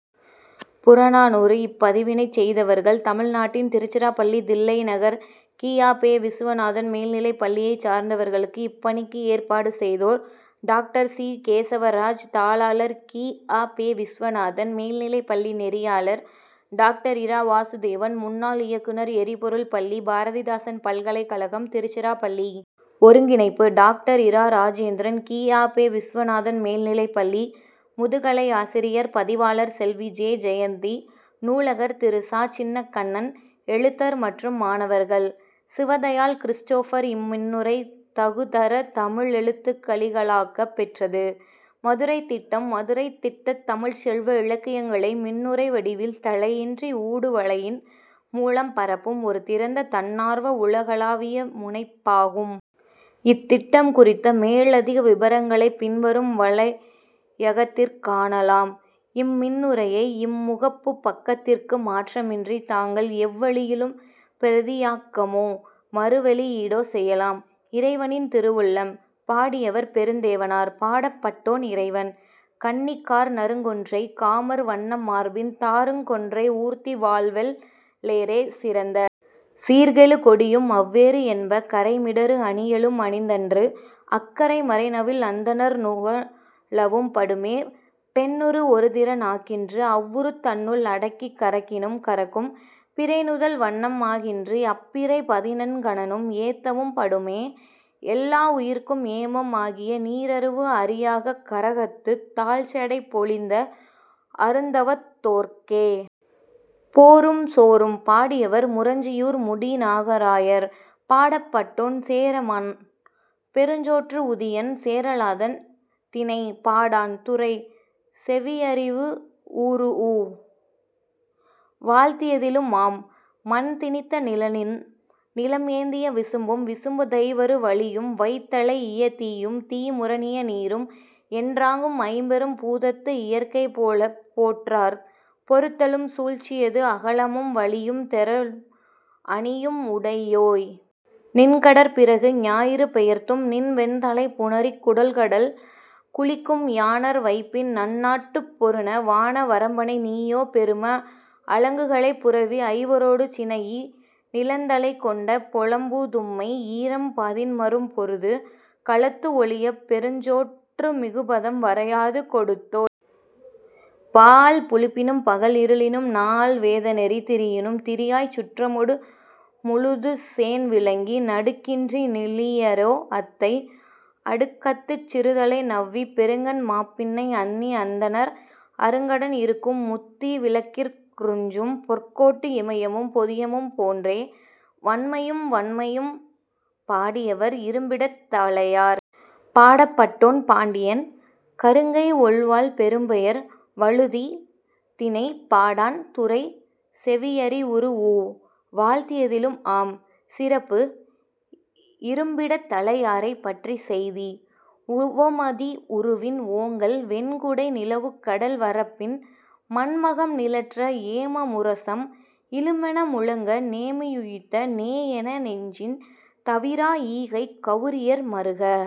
புறநானூறு இப்பதிவினைச் செய்தவர்கள்: தமிழ்நாட்டின் திருச்சிராப்பள்ளி, தில்லைநகர், கி. ஆ. பெ. விசுவநாதம் மேல்நிலைப்பள்ளியைச் சார்ந்தவர்கள் இப்பணிக்கு ஏற்பாடு செய்தோர்:- டாக்டர் சி. கேசவராஜ், தாளாளர், கி. ஆ. பெ. விசுவநாதம் மேல்நிலைப்பள்ளி நெறியாளர்: டாக்டர் இரா. வாசுதேவன், முன்னாள் இயக்குநர், எரிபொருள் பள்ளி, பாரதிதாசன் பல்கலைக்கழகம், திருச்சிராப்பள்ளி. ஒருங்கிணைப்பு:- டாக்டர். இரா. இராஜேந்திரன், கி. ஆ. பெ. விசுவநாதம் மேல்நிலைப்பள்ளி, முதுகலையாசிரியர் பதிவாளர்கள்: செல்வி. ஜெ. ஜெயந்தி, நூலகர்; திரு. ச. சின்னக்கண்ணன், எழுத்தர் மற்றும் மாணவர்கள்: சிவதயாள், கிறிஸ்டோபர் இம்மின்னுரை தகுதர தமிழெழுத்துக்களிலாக்கப் பெற்றது. மதுரைத் திட்டம் மதுரைத் திட்டம் தமிழ்ச் செவ்விலக்கியங்களை மின்னுரைவடிவில், தளையின்றி ஊடுவலையின் மூலம் பரப்பும் ஒரு திறந்த, தன்னார்வ, உலகளாவியமுனைப்பாகும். இத்திட்டம் குறித்த மேலதிக விபரங்களைப் பின்வரும் வலையகத்திற் காணலாம். இம்மின்னுரையை, இம்முகப்புப் பக்கத்திற்கு மாற்றமின்றி, தாங்கள் எவ்வழியிலும் பிரதியாக்கமோ, மறுவெளியீடோ செய்யலாம்.. இறைவனின் திருவுள்ளம்! பாடியவர்:பெருந்தேவனார். பாடப்பட்டோன்: இறைவன் கண்ணி கார்நறுங் கொன்றை; காமர் வண்ண மார்பின் தாருங் கொன்றை; ஊர்தி வால்வெள் ளேறே; சிறந்த சீர்கெழு கொடியும் அவ்வேறு என்ப; கறைமிடறு அணியலும் அணிந்தன்று; அக்கறை மறைநவில் அந்தணர் நுவலவும் படுமே; பெண்ணுரு ஒரு திறன் ஆகின்று; அவ்வுருத் தன்னுள் அடக்கிக் கரக்கினும் கரக்கும்; பிறை நுதல் வண்ணம் ஆகின்று; அப்பிறை பதினெண் கணனும் ஏத்தவும் படுமே; எல்லா உயிர்க்கும் ஏமம் ஆகிய, நீரறவு அறியாக் கரகத்துத், தாழ்சடைப் பொலிந்த அருந்தவத் தோற்கே.. போரும் சோறும்! பாடியவர்: முரஞ்சியூர் முடிநாகராயர். பாடப்பட்டோன்: சேரமான் பெருஞ்சோற்று உதியன் சேரலாதன். திணை: பாடாண். துறை: செவியறிவுறூஉ; வாழ்த்தியலும் ஆம். மண் திணிந்த நிலனும், நிலம் ஏந்திய விசும்பும், விசும்பு தைவரு வளியும் வளித் தலைஇய தீயும், தீ முரணிய நீரும், என்றாங்கு ஐம்பெரும் பூதத்து இயற்கை போலப் போற்றார்ப் பொறுத்தலும், சூழ்ச்சியது அகலமும் வலியும், தெறலும், அணியும், உடையோய்! நின்கடற் பிறந்த ஞாயிறு பெயர்த்தும் நின் வெண்தலைப் புணரிக் குடகடல் குளிக்கும் யாணர் வைப்பின், நன்னாட்டுப் பொருந! வான வரம்பனை! நீயோ, பெரும! அலங்குளைப் புரவி ஐவரோடு சினைஇ, நிலந்தலைக் கொண்ட பொலம்பூந் தும்பை ஈரைம் பதின்மரும் பொருது, களத்து ஒழியப் பெருஞ்சோற்று மிகுபதம் வரையாது கொடுத்தோய்! பாஅல் புளிப்பினும், பகல் இருளினும், நாஅல் வேத நெறி திரியினும் திரியாச் சுற்றமொடு முழுதுசேண் விளங்கி, நடுக்கின்றி நிலியரோ அத்தை; அடுக்கத்துச், சிறுதலை நவ்விப் பெருங்கண் மாப்பிணை, அந்தி அந்தணர் அருங்கடன் இறுக்கும் முத்தீ விளக்கிற், றுஞ்சும் பொற்கோட்டு இமயமும், பொதியமும், போன்றே!.வன்மையும் வண்மையும்! பாடியவர்: இரும்பிடர்த் தலையார். பாடப்பட்டோன்: பாண்டியன் கருங்கை ஒள்வாள் பெரும்பெயர் வழுதி. திணை: பாடாண். துறை: செவியறிவுறூஉ; வாழ்த்தியலும் ஆம். சிறப்பு: இரும்பிடத் தலையாரைப் பற்றிய செய்தி. உவவுமதி உருவின் ஓங்கல் வெண்குடை நிலவுக்கடல் வரைப்பின் மண்ணகம் நிழற்ற, ஏம முரசம் இழுமென முழங்க, நேமி யுய்த்த நேஎ நெஞ்சின், தவிரா ஈகைக், கவுரியர் மருக!